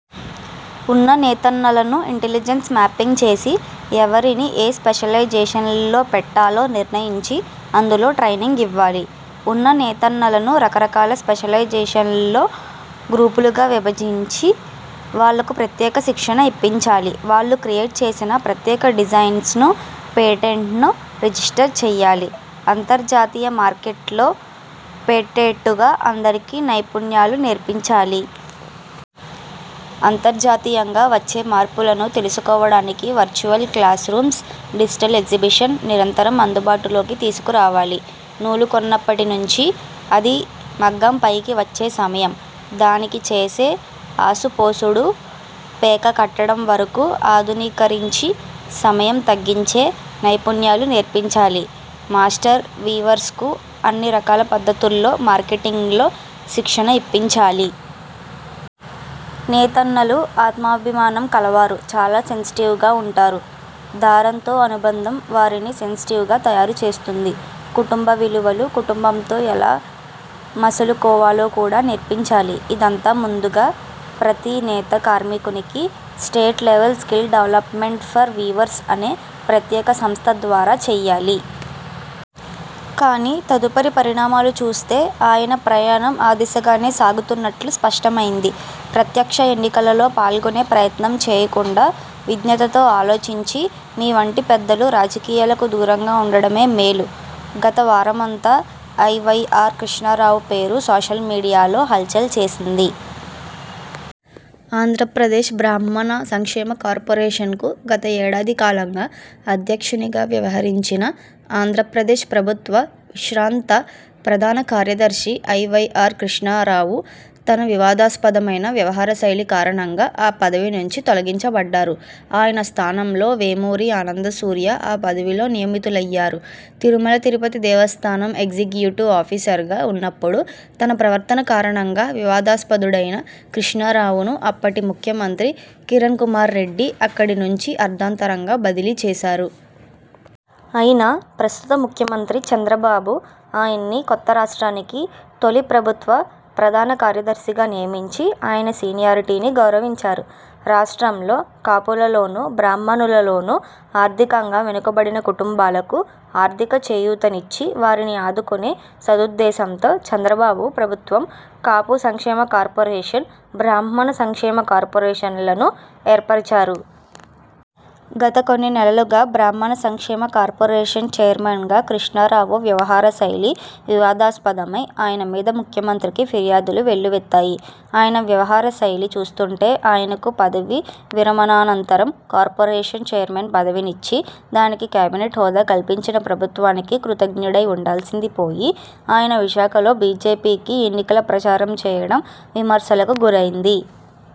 ఉన్న నేతన్నలను intelligence mapping చేసి ఎవరిని ఏ స్పెషలైజేషన్లో పెట్టాలో నిర్ణయించి, అందులో ట్రైనింగ్ ఇవ్వాలి. ఉన్న నేతన్నలను రకరకాల స్పెషలైజేషన్స్లో గ్రూపులుగా విభజించి, వాళ్ళకు ప్రత్యేక శిక్షణ ఇప్పించాలి. వాళ్ళు క్రియేట్ చేసిన ప్రత్యేక డిజైన్స్కు 'పేటెంట్'ను రిజిస్టర్ చెయ్యాలి. అంతర్జాతీయ మార్కెట్లో పెట్టేట్టుగా అందరికీ నైపుణ్యాలు నేర్పించాలి. అంతర్జాతీయంగా వచ్చే మార్పులను తెలుసుకోవడానికి virtual classrooms, digital exhibition నిరంతరం అందుబాటులోకి తీసుకురావాలి. నూలు కొన్నప్పటి నుంచి అది మగ్గం పైకి వచ్చే సమయం, దానికి చేసే ఆసుపోసుడు, పేక కట్టడం వరకు ఆధునీకరించి సమయం తగ్గించే నైపుణ్యాలు నేర్పించాలి. మాస్టర్ వీవర్స్కు అన్ని రకాల పద్ధతుల్లో, మార్కెటింగ్లో శిక్షణ ఇప్పించాలి. నేతన్నలు ఆత్మాభిమానం కలవారు, చాలా సెన్సిటివ్గా వుంటారు. దారంతో అనుబంధం వారిని సెన్సిటివ్గా తయారు చేస్తుంది. కుటుంబ విలువలు, కుటుంబంతో ఎలా మసలుకోవాలో కూడా నేర్పించాలి. ఇదంతా ముందుగా ప్రతీ నేత కార్మికునికి state level skill development for weavers అనే ప్రత్యేక సంస్థ ద్వారా చెయ్యాలి. కానీ తదుపరి పరిణామాలు చూస్తే ఆయన ప్రయాణం ఆ దిశగానే సాగుతున్నట్లు స్పష్టమైంది. ప్రత్యక్ష ఎన్నికలలో పాల్గొనే ప్రయత్నం చేయకుండా విజ్ఞతతో ఆలోచించి మీవంటి పెద్దలు రాజకీయాలకు దూరంగా ఉండడమే మేలు. గత వారమంతా ఐవైఆర్ కృష్ణారావు పేరు సోషల్ మీడియాలో హల్ చల్ చేసింది. ఆంధ్రప్రదేశ్ బ్రాహ్మణ సంక్షేమ కార్పొరేషన్కు గత ఏడాది కాలంగా అధ్యక్షునిగా వ్యవహరించిన ఆంధ్రప్రదేశ్ ప్రభుత్వ విశ్రాంత ప్రధాన కార్యదర్శి ఐవైఆర్ కృష్ణారావు తన వివాదాస్పదమైన వ్యవహారశైలి కారణంగా ఆ పదవి నుంచి తొలగించబడ్డారు. ఆయన స్థానంలో వేమూరి ఆనంద సూర్య ఆ పదవిలో నియమితులయ్యారు. తిరుమల తిరుపతి దేవస్థానం ఎగ్జిక్యూటివ్ ఆఫీసర్గా ఉన్నప్పుడు తన ప్రవర్తన కారణంగా వివాదాస్పదుడైన కృష్ణారావును అప్పటి ముఖ్యమంత్రి కిరణ్ కుమార్ రెడ్డి అక్కడి నుంచి అర్థాంతరంగా బదిలీ చేశారు. అయినా ప్రస్తుత ముఖ్యమంత్రి చంద్రబాబు ఆయన్ని కొత్తరాష్ట్రానికి తొలి ప్రభుత్వ ప్రధాన కార్యదర్శిగా నియమించి ఆయన సీనియారిటీని గౌరవించారు. రాష్ట్రంలో కాపులలోనూ, బ్రాహ్మణులలోనూ ఆర్థికంగా వెనుకబడిన కుటుంబాలకు ఆర్థిక చేయూతనిచ్చి, వారిని ఆదుకునే సదుద్దేశంతో చంద్రబాబు ప్రభుత్వం కాపు సంక్షేమ కార్పొరేషన్, బ్రాహ్మణ సంక్షేమ కార్పొరేషన్లను ఏర్పరచారు. గత కొన్ని నెలలుగా బ్రాహ్మణ సంక్షేమ కార్పొరేషన్ చైర్మన్గా కృష్ణారావు వ్యవహారశైలి వివాదాస్పదమై, ఆయన మీద ముఖ్యమంత్రికి ఫిర్యాదులు వెల్లువెత్తాయి. ఆయన వ్యవహారశైలి చూస్తుంటే ఆయనకు పదవీ విరమణానంతరం కార్పొరేషన్ చైర్మన్ పదవినిచ్చి, దానికి కేబినెట్ హోదా కల్పించిన ప్రభుత్వానికి కృతజ్ఞుడై ఉండాల్సింది పోయి, ఆయన విశాఖలో బీజేపీకి ఎన్నికల ప్రచారం చేయడం విమర్శలకు గురైంది.